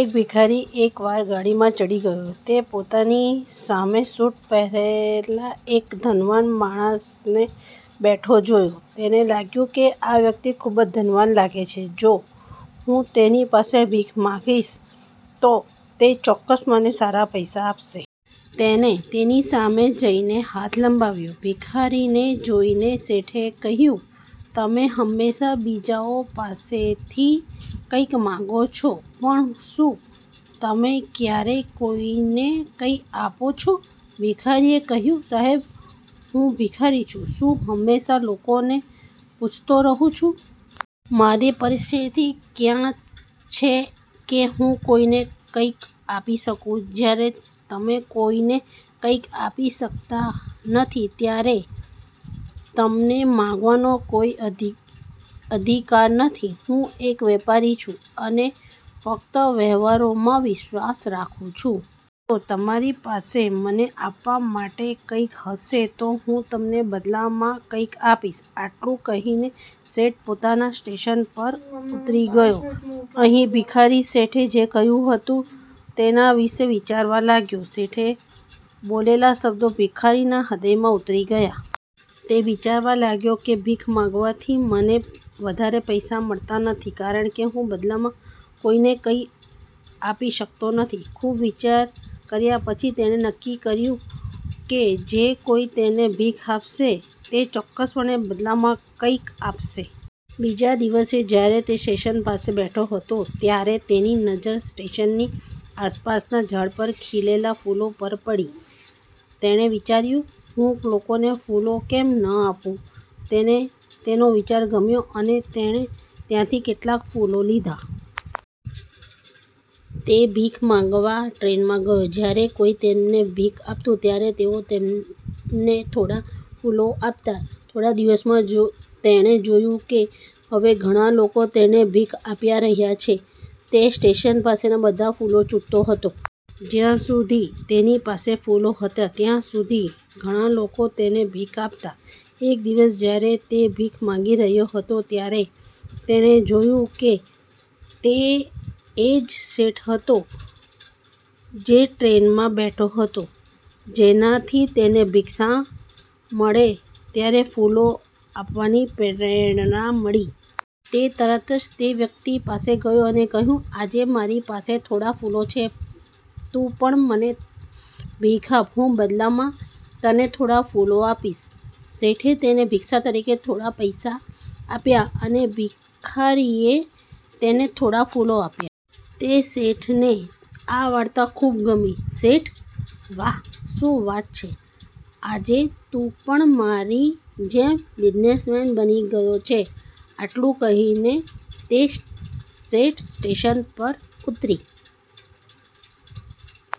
એક ભિખારી એકવાર ગાડીમાં ચઢી ગયો. તેણે પોતાની સામે સૂટ પહેરેલા એક ધનવાન માણસને બેઠો જોયો. તેને લાગ્યું કે આ વ્યક્તિ ખૂબ જ ધનવાન લાગે છે. જો હું તેની પાસે ભીખ માંગીશ તો તે ચોક્કસ મને સારા પૈસા આપશે. તેણે તેની સામે જઈને હાથ લંબાવ્યો. ભિખારીને જોઈને શેઠે કહ્યું, "તમે હંમેશા બીજાઓ પાસેથી કંઈક માગો છો, પણ શું તમે ક્યારેય કોઈને કંઈ આપો છો? " ભિખારીએ કહ્યું, "સાહેબ, હું ભિખારી છું, હું હંમેશા લોકોને પૂછતો રહું છું. મારી સ્થિતિ ક્યાં છે કે હું કોઈને કંઈક આપી શકું? " "જ્યારે તમે કોઈને કંઈક આપી શકતા નથી, ત્યારે તમને માંગવાનો કોઈ અધિકાર નથી. હું એક વેપારી છું અને ફક્ત વ્યવહારોમાં વિશ્વાસ રાખું છું. જો તમારી પાસે મને આપવા માટે કંઈક હશે, તો હું તમને બદલામાં કંઈક આપીશ." આટલું કહીને શેઠ પોતાના સ્ટેશન પર ઉતરી ગયો. અહીં ભિખારી શેઠે જે કહ્યું હતું તેના વિશે વિચારવા લાગ્યો. શેઠે બોલેલા શબ્દો ભિખારીના હૃદયમાં ઉતરી ગયા. તે વિચારવા લાગ્યો કે ભીખ માંગવાથી મને વધારે પૈસા મળતા નથી કારણ કે હું બદલામાં કોઈને કંઈ આપી શકતો નથી. ખૂબ વિચાર કર્યા પછી, તેણે નક્કી કર્યું કે જે કોઈ તેણે ભીખ આપશે, તે ચોક્કસપણે બદલામાં કંઈક આપશે. બીજા દિવસે, જ્યારે તે સ્ટેશન પાસે બેઠો હતો, ત્યારે તેની નજર સ્ટેશનની આસપાસના ઝાડ પર ખીલેલા કેટલાક ફૂલો પર પડી. તેણે વિચાર્યું, હું લોકોને ફૂલો કેમ ન આપું? તેને તેનો વિચાર ગમ્યો અને તેણે ત્યાંથી કેટલાક ફૂલો લીધા. તે ભીખ માંગવા ટ્રેનમાં ગયો. જ્યારે કોઈ તેમને ભીખ આપતું, ત્યારે તેઓ તેમને થોડા ફૂલો આપતા. થોડા દિવસોમાં, તેણે જોયું કે હવે ઘણા લોકો તેણે ભીખ આપ્યા રહ્યા છે. તે સ્ટેશન પાસેના બધા ફૂલો ચૂંટતો હતો. જ્યાં સુધી તેની પાસે ફૂલો હતા, ત્યાં સુધી ઘણા લોકો તેને ભીખ આપતા. એક દિવસ જ્યારે તે ભીખ માંગી રહ્યો હતો, ત્યારે તેણે જોયું કે તે એ જ શેઠ હતો જે ટ્રેનમાં બેઠો હતો, જેનાથી તેને ભિક્ષા મળે ત્યારે ફૂલો આપવાની પ્રેરણા મળી. તે તરત જ તે વ્યક્તિ પાસે ગયો અને કહ્યું, "આજે મારી પાસે થોડા ફૂલો છે, તું પણ મને ભીખ આપ, હું બદલામાં તને થોડા ફૂલો આપીશ." શેઠે તેને ભિક્ષા તરીકે થોડા પૈસા આપ્યા અને ભિખારીએ તેને થોડા ફૂલો આપ્યા. તે શેઠને આ વાર્તા ખૂબ ગમી. શેઠ: – "વાહ, શું વાત છે? આજે તું પણ મારી જેમ બિઝનેસમેન બની ગયો છે. " આટલું કહીને તે સેઠ સ્ટેશન પર ઉતરી